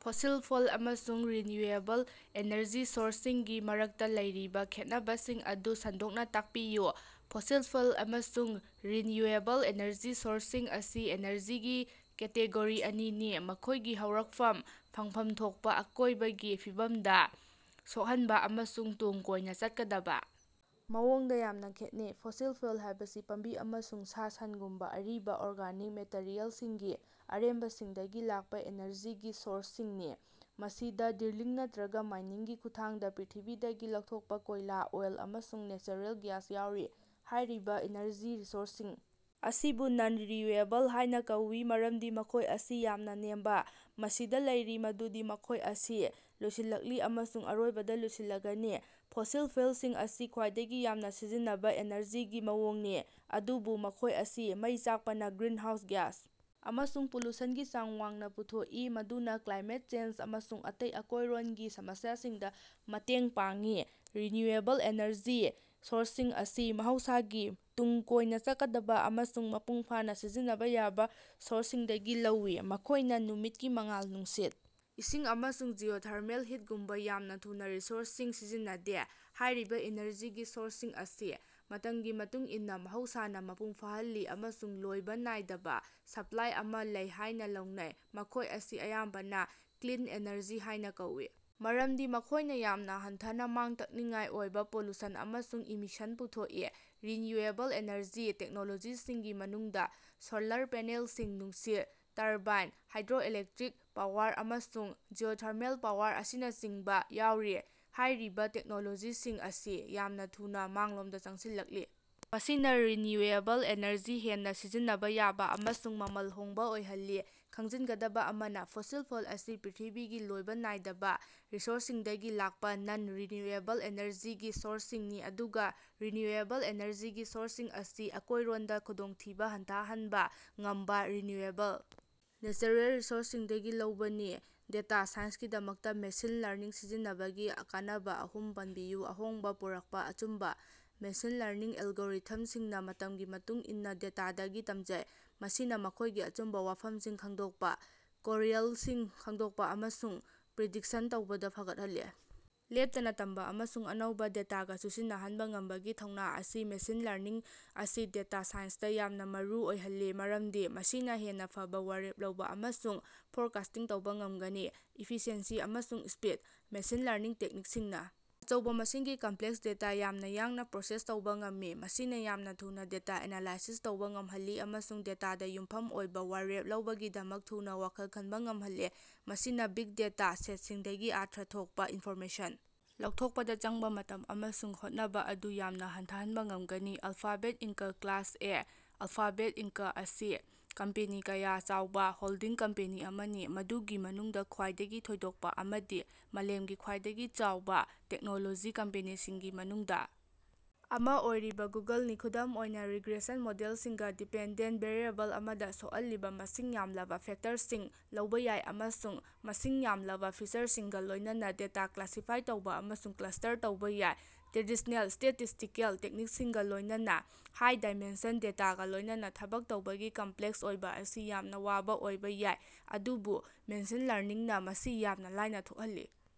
Fossil fuel ꯑꯃꯁꯨꯡ renewable energy ꯁꯣꯔꯁꯁꯤꯡꯒꯤ ꯃꯔꯛꯇꯥ ꯂꯩꯔꯤꯕ ꯈꯦꯠꯅꯕꯁꯤꯡ ꯑꯗꯨ ꯁꯟꯗꯣꯛꯅ ꯇꯥꯛꯄꯤꯌꯨ꯫ ꯐꯣꯁꯤꯜ ꯐ꯭ꯌꯨꯑꯦꯜ ꯑꯃꯁꯨꯡ ꯔꯤꯟꯌꯨꯑꯦꯕꯜ ꯏꯅꯔꯖꯤ ꯁꯣꯔꯁꯁꯤꯡ ꯑꯁꯤ ꯏꯅꯔꯖꯤꯒꯤ ꯀꯦꯇꯦꯒꯣꯔꯤ ꯑꯅꯤꯅꯤ, ꯃꯈꯣꯏꯒꯤ ꯍꯧꯔꯛꯐꯝ, ꯐꯪꯐꯝ ꯊꯣꯛꯄꯥ, ꯑꯀꯣꯏꯕꯒꯤ ꯐꯤꯕꯝꯗ ꯁꯣꯛꯍꯟꯕ ꯑꯃꯁꯨꯡ ꯇꯨꯡ ꯀꯣꯏꯅ ꯆꯠꯀꯗꯕ ꯃꯑꯣꯡꯗ ꯌꯥꯝꯅ ꯈꯦꯠꯅꯩ꯫ ꯐꯣꯁꯤꯜ ꯐ꯭ꯌꯨꯑꯦꯜ ꯍꯥꯏꯕꯁꯤ ꯄꯥꯝꯕꯤ ꯑꯃꯁꯨꯡ ꯁꯥ ꯁꯟꯁꯤꯡꯒꯨꯝꯕ ꯑꯔꯤꯕ ꯑꯣꯔꯒꯥꯅꯤꯛ ꯃꯦꯇꯔꯤꯑꯦꯜꯁꯤꯡꯒꯤ ꯑꯔꯦꯝꯕꯁꯤꯡꯗꯒꯤ ꯂꯥꯛꯄꯥ ꯏꯅꯔꯖꯤꯒꯤ ꯁꯣꯔꯁꯁꯤꯡꯅꯤ꯫ ꯃꯁꯤꯗꯥ ꯗ꯭ꯔꯤꯂꯤꯡ ꯅꯠꯇꯔꯒ ꯃꯥꯏꯅꯤꯡꯒꯤ ꯈꯨꯠꯊꯥꯡꯗ ꯄ꯭ꯔꯤꯊꯤꯕꯤꯗꯒꯤ ꯂꯧꯊꯣꯛꯄꯥ ꯀꯣꯏꯂꯥ, ꯑꯣꯏꯜ, ꯑꯃꯁꯨꯡ ꯅꯦꯆꯔꯦꯜ ꯒ꯭ꯌꯥꯁ ꯌꯥꯎꯔꯤ꯫ ꯍꯥꯏꯔꯤꯕꯥ ꯏꯅꯔꯖꯤ ꯔꯤꯁꯣꯔꯁꯁꯤꯡ ꯑꯁꯤꯕꯨ ꯅꯟ-ꯔꯤꯟꯌꯨꯑꯦꯕꯜ ꯍꯥꯏꯅ ꯀꯧꯏ, ꯃꯔꯝꯗꯤ ꯃꯈꯣꯏ ꯑꯁꯤ ꯌꯥꯝꯅ ꯅꯦꯝꯕꯥ ꯃꯁꯤꯡꯗ ꯂꯩꯔꯤ ꯃꯗꯨꯗꯤ ꯃꯈꯣꯏ ꯑꯁꯤ ꯂꯣꯏꯁꯤꯜꯂꯛꯂꯤ, ꯑꯃꯁꯨꯡ ꯑꯔꯣꯏꯕꯗ ꯂꯣꯏꯁꯤꯟꯒꯅꯤ꯫ ꯐꯣꯁꯤꯜ ꯐ꯭ꯌꯨꯑꯦꯜꯁꯤꯡ ꯑꯁꯤ ꯈ꯭ꯋꯥꯏꯗꯒꯤ ꯌꯥꯝꯅ ꯁꯤꯖꯤꯟꯅꯕ ꯑꯦꯅꯔꯖꯤꯒꯤ ꯃꯑꯣꯡꯅꯤ, ꯑꯗꯨꯕꯨ ꯃꯈꯣꯏ ꯑꯁꯤ ꯃꯩ ꯆꯥꯛꯄꯅ ꯒ꯭ꯔꯤꯟꯍꯥꯎꯁ ꯒ꯭ꯌꯥꯁ ꯑꯃꯁꯨꯡ ꯄꯣꯂꯨꯁꯟꯒꯤ ꯆꯥꯡ ꯋꯥꯡꯅꯥ ꯄꯨꯊꯣꯛꯏ, ꯃꯗꯨꯅ ꯀ꯭ꯂꯥꯏꯃꯦꯠ ꯆꯦꯟꯖ ꯑꯃꯁꯨꯡ ꯑꯇꯩ ꯑꯀꯣꯏꯔꯣꯟꯒꯤ ꯁꯃꯁ꯭ꯌꯥꯁꯤꯡꯗ ꯃꯇꯦꯡ ꯄꯥꯡꯏ꯫ ꯔꯤꯟꯌꯨꯑꯦꯕꯜ ꯏꯅꯔꯖꯤ ꯁꯣꯔꯁꯁꯤꯡ ꯑꯁꯤ ꯃꯍꯧꯁꯥꯒꯤ, ꯇꯨꯡ ꯀꯣꯏꯅ ꯆꯠꯀꯗꯕ ꯑꯃꯁꯨꯡ ꯃꯄꯨꯡ ꯐꯥꯅ ꯁꯤꯖꯤꯟꯅꯕ ꯌꯥꯕ ꯁꯣꯔꯁꯁꯤꯡꯗꯒꯤ ꯂꯧꯏ, ꯃꯈꯣꯏꯅ ꯅꯨꯃꯤꯠꯀꯤ ꯃꯉꯥꯜ, ꯅꯨꯡꯁꯤꯠ, ꯏꯁꯤꯡ, ꯑꯃꯁꯨꯡ ꯖꯤꯑꯣꯊꯔꯃꯦꯜ ꯍꯤꯠꯒꯨꯝꯕ ꯌꯥꯝꯅ ꯊꯨꯅ ꯔꯤꯁꯣꯔꯁꯁꯤꯡ ꯁꯤꯖꯤꯟꯅꯗꯦ꯫ ꯍꯥꯏꯔꯤꯕꯥ ꯏꯅꯔꯖꯤꯒꯤ ꯁꯣꯔꯁꯁꯤꯡ ꯑꯁꯤ ꯃꯇꯝꯒꯤ ꯃꯇꯨꯡ ꯏꯟꯅ ꯃꯍꯧꯁꯥꯅꯥ ꯃꯄꯨꯡ ꯐꯥꯍꯜꯂꯤ ꯑꯃꯁꯨꯡ ꯂꯣꯏꯕ ꯅꯥꯏꯗꯕꯥ ꯁꯄꯂꯥꯏ ꯑꯃꯥ ꯂꯩ ꯍꯥꯏꯅ ꯂꯧꯅꯩ꯫ ꯃꯈꯣꯏ ꯑꯁꯤ ꯑꯌꯥꯝꯕꯅ ꯀ꯭ꯂꯤꯟ ꯑꯦꯅꯔꯖꯤ ꯍꯥꯏꯅ ꯀꯧꯏ ꯃꯔꯝꯗꯤ ꯃꯈꯣꯏꯅ ꯌꯥꯝꯅ ꯍꯟꯊꯅꯥ ꯃꯥꯡ ꯇꯥꯛꯅꯤꯡꯉꯥꯏ ꯑꯣꯏꯕꯥ ꯄꯣꯂꯨꯁꯟ ꯑꯃꯁꯨꯡ ꯏꯃꯤꯁꯟ ꯄꯨꯊꯣꯛꯏ꯫ ꯔꯤꯟꯌꯨꯑꯦꯕꯜ ꯏꯅꯔꯖꯤ ꯇꯦꯛꯅꯣꯂꯣꯖꯤꯁꯤꯡꯒꯤ ꯃꯅꯨꯡꯗ ꯁꯣꯂꯥꯔ ꯄꯦꯅꯦꯜꯁꯤꯡ, ꯅꯨꯡꯁꯤꯠ ꯇꯔꯕꯥꯏꯟ, ꯍꯥꯏꯗ꯭ꯔꯣꯏꯂꯦꯛꯇꯔꯤꯛ ꯄꯥꯋꯔ, ꯑꯃꯁꯨꯡ ꯖꯤꯑꯣꯊꯔꯃꯦꯜ ꯄꯥꯋꯔ ꯑꯁꯤꯅꯆꯤꯡꯕ ꯌꯥꯎꯔꯤ꯫ ꯍꯥꯏꯔꯤꯕ ꯇꯦꯛꯅꯣꯂꯣꯖꯤꯁꯤꯡ ꯑꯁꯤ ꯌꯥꯝꯅꯥ ꯊꯨꯅꯥ ꯃꯥꯡꯂꯣꯝꯗ ꯆꯪꯁꯤꯜꯂꯛꯂꯤ, ꯃꯁꯤꯅ ꯔꯤꯟꯌꯨꯑꯦꯕꯜ ꯏꯅꯔꯖꯤ ꯍꯦꯟꯅꯥ ꯁꯤꯖꯤꯟꯅꯕꯥ ꯌꯥꯕ ꯑꯃꯁꯨꯡ ꯃꯃꯜ ꯍꯣꯡꯕ ꯑꯣꯏꯍꯜꯂꯤ꯫ ꯈꯪꯖꯤꯟꯒꯗꯕꯥ ꯑꯃꯅꯥ, ꯐꯣꯁꯤꯜ ꯐ꯭ꯌꯨꯑꯦꯜ ꯑꯁꯤ ꯄ꯭ꯔꯤꯊꯤꯕꯤꯒꯤ ꯂꯣꯏꯕ ꯅꯥꯏꯗꯕ ꯔꯤꯁꯣꯔꯁꯁꯤꯡꯗꯒꯤ ꯂꯥꯛꯄ ꯅꯟ-ꯔꯤꯟꯌꯨꯑꯦꯕꯜ ꯏꯅꯔꯖꯤꯒꯤ ꯁꯣꯔꯁꯁꯤꯡꯅꯤ, ꯑꯗꯨꯒ ꯔꯤꯟꯌꯨꯑꯦꯕꯜ ꯏꯅꯔꯖꯤꯒꯤ ꯁꯣꯔꯁꯁꯤꯡ ꯑꯁꯤ ꯑꯀꯣꯏꯔꯣꯟꯗꯥ ꯈꯨꯗꯣꯡꯊꯤꯕꯥ ꯍꯟꯊꯍꯟꯕꯥ ꯉꯝꯕꯥ ꯔꯤꯟꯌꯨꯑꯦꯕꯜ ꯅꯦꯆꯔꯦꯜ ꯔꯤꯁꯣꯔꯁꯁꯤꯡꯗꯒꯤ ꯂꯧꯕꯅꯤ꯫ ꯗꯦꯇꯥ ꯁꯥꯏꯟꯁꯀꯤꯗꯃꯛꯇ ꯃꯦꯁꯤꯟ ꯂꯔꯅꯤꯡ ꯁꯤꯖꯤꯟꯅꯕꯒꯤ ꯀꯥꯟꯅꯕ ꯑꯍꯨꯝ ꯄꯟꯕꯤꯌꯨ꯫ ꯑꯍꯣꯡꯕ ꯄꯨꯔꯛꯄꯥ ꯑꯆꯨꯝꯕꯥ: ꯃꯦꯁꯤꯟ ꯂꯔꯅꯤꯡ ꯑꯦꯜꯒꯣꯔꯤꯊꯝꯁꯤꯡꯅ ꯃꯇꯝꯒꯤ ꯃꯇꯨꯡ ꯏꯟꯅꯥ ꯗꯦꯇꯥꯗꯒꯤ ꯇꯝꯖꯩ, ꯃꯁꯤꯅ ꯃꯈꯣꯏꯒꯤ ꯑꯆꯨꯝꯕ ꯋꯥꯐꯝꯁꯤꯡ ꯈꯪꯗꯣꯛꯄ, ꯀꯣꯔꯤꯑꯦꯜꯁꯤꯡ ꯈꯪꯗꯣꯛꯄ ꯑꯃꯁꯨꯡ ꯄ꯭ꯔꯤꯗꯤꯛꯁꯟ ꯇꯧꯕꯗ ꯐꯒꯠꯍꯜꯂꯤ꯫ ꯂꯦꯞꯇꯅ ꯇꯝꯕ ꯑꯃꯁꯨꯡ ꯑꯅꯧꯕꯥ ꯗꯦꯇꯥꯒ ꯆꯨꯁꯤꯟꯅꯍꯟꯕ ꯉꯝꯕꯒꯤ ꯊꯧꯅ ꯑꯁꯤꯅꯥ ꯃꯦꯁꯤꯟ ꯂꯔꯅꯤꯡ ꯑꯁꯤ ꯗꯦꯇꯥ ꯁꯥꯏꯟꯁꯇꯥ ꯌꯥꯝꯅꯥ ꯃꯔꯨ ꯑꯣꯏꯍꯜꯂꯤ, ꯃꯔꯝꯗꯤ ꯃꯁꯤꯅ ꯍꯦꯟꯅ ꯐꯕ ꯋꯥꯔꯦꯞ ꯂꯧꯕ ꯑꯃꯁꯨꯡ ꯐꯣꯔꯀꯥꯁ꯭ꯇꯤꯡ ꯇꯧꯕ ꯉꯝꯒꯅꯤ꯫ ꯏꯐꯤꯁꯤꯑꯦꯟꯁꯤ ꯑꯃꯁꯨꯡ ꯁ꯭ꯄꯤꯗ: ꯃꯦꯁꯤꯟ ꯂꯔꯅꯤꯡ ꯇꯦꯛꯅꯤꯛꯁꯤꯡꯅ ꯑꯆꯧꯕꯥ ꯃꯁꯤꯡꯒꯤ ꯀꯝꯄꯂꯦꯛꯁ ꯗꯦꯇꯥ ꯌꯥꯝꯅ ꯌꯥꯡꯅꯥ ꯄ꯭ꯔꯣꯁꯦꯁ ꯇꯧꯕ ꯉꯝꯃꯤ꯫ ꯃꯁꯤꯅ ꯌꯥꯝꯅ ꯊꯨꯅ ꯗꯦꯇꯥ ꯑꯦꯅꯥꯂꯥꯏꯁꯤꯁ ꯇꯧꯕ ꯉꯝꯍꯜꯂꯤ, ꯑꯃꯁꯨꯡ ꯗꯦꯇꯥꯗ ꯌꯨꯝꯐꯝ ꯑꯣꯏꯕ ꯋꯥꯔꯦꯞ ꯂꯧꯕꯒꯤꯗꯃꯛ ꯊꯨꯅ ꯋꯥꯈꯜ ꯈꯟꯕ ꯉꯝꯍꯜꯂꯤ꯫ ꯃꯁꯤꯅ ꯕꯤꯒ ꯗꯦꯇꯥ ꯁꯦꯠꯁꯤꯡꯗꯒꯤ ꯑꯔꯊ ꯊꯣꯛꯄꯥ ꯏꯟꯐꯣꯔꯃꯦꯁꯟ ꯂꯧꯊꯣꯛꯄꯗ ꯆꯪꯕ ꯃꯇꯝ ꯑꯃꯁꯨꯡ ꯍꯣꯠꯅꯕ ꯑꯗꯨ ꯌꯥꯝꯅ ꯍꯟꯊꯍꯟꯕ ꯉꯝꯒꯅꯤ꯫ Alphabet Inc class A Alphabet Inc ꯑꯁꯤ ꯀꯝꯄꯦꯅꯤ ꯀꯌꯥ ꯌꯥꯎꯕ ꯍꯣꯜꯗꯤꯡ ꯀꯝꯄꯦꯅꯤ ꯑꯃꯅꯤ, ꯃꯗꯨꯒꯤ ꯃꯅꯨꯡꯗ ꯈ꯭ꯋꯥꯏꯗꯒꯤ ꯊꯣꯏꯗꯣꯛꯄꯥ ꯑꯃꯗꯤ ꯃꯥꯂꯦꯝꯒꯤ ꯈ꯭ꯋꯥꯏꯗꯒꯤ ꯆꯥꯎꯕ ꯇꯦꯛꯅꯣꯂꯣꯖꯤ ꯀꯝꯄꯦꯅꯤꯁꯤꯡꯒꯤ ꯃꯅꯨꯡꯗ ꯑꯃꯥ ꯑꯣꯏꯔꯤꯕꯥ ꯒꯨꯒꯜꯅꯤ꯫ ꯈꯨꯗꯝ ꯑꯣꯏꯅꯥ, ꯔꯤꯒ꯭ꯔꯦꯁꯟ ꯃꯣꯗꯦꯜꯁꯤꯡꯅꯥ ꯗꯤꯄꯦꯟꯗꯦꯟꯇ ꯚꯦꯔꯤꯑꯦꯕꯜ ꯑꯃꯗ ꯁꯣꯛꯍꯜꯂꯤꯕ ꯃꯁꯤꯡ ꯌꯥꯝꯂꯕ ꯐꯦꯛꯇꯔꯁꯤꯡ ꯂꯧꯕꯥ ꯌꯥꯏ, ꯑꯃꯁꯨꯡ ꯃꯁꯤꯡ ꯌꯥꯝꯂꯕꯥ ꯐꯤꯆꯔꯁꯤꯡꯒ ꯂꯣꯏꯅꯅꯥ ꯗꯦꯇꯥ ꯀ꯭ꯂꯥꯁꯤꯐꯥꯏ ꯇꯧꯕ ꯑꯃꯁꯨꯡ ꯀ꯭ꯂꯁ꯭ꯇꯔ ꯇꯧꯕꯥ ꯌꯥꯏ꯫ ꯇ꯭ꯔꯦꯗꯤꯁ꯭ꯅꯦꯜ ꯁ꯭ꯇꯦꯇꯤꯁ꯭ꯇꯤꯀꯦꯜ ꯇꯦꯛꯅꯤꯛꯁꯤꯡꯒ ꯂꯣꯏꯅꯅ ꯍꯥꯏ-ꯗꯥꯏꯃꯦꯟꯁꯟ ꯗꯦꯇꯥꯒ ꯂꯣꯏꯅꯅꯥ ꯊꯕꯛ ꯇꯧꯕꯒꯤ ꯀꯝꯄꯂꯦꯛꯁ ꯑꯣꯏꯕ ꯑꯁꯤ ꯌꯥꯝꯅ ꯋꯥꯕꯥ ꯑꯣꯏꯕꯥ ꯌꯥꯏ, ꯑꯗꯨꯕꯨ ꯃꯦꯁꯤꯟ ꯂꯔꯅꯤꯡꯅꯥ ꯃꯁꯤ ꯌꯥꯝꯅ ꯂꯥꯏꯅꯥ ꯊꯣꯛꯍꯜꯂꯤ꯫।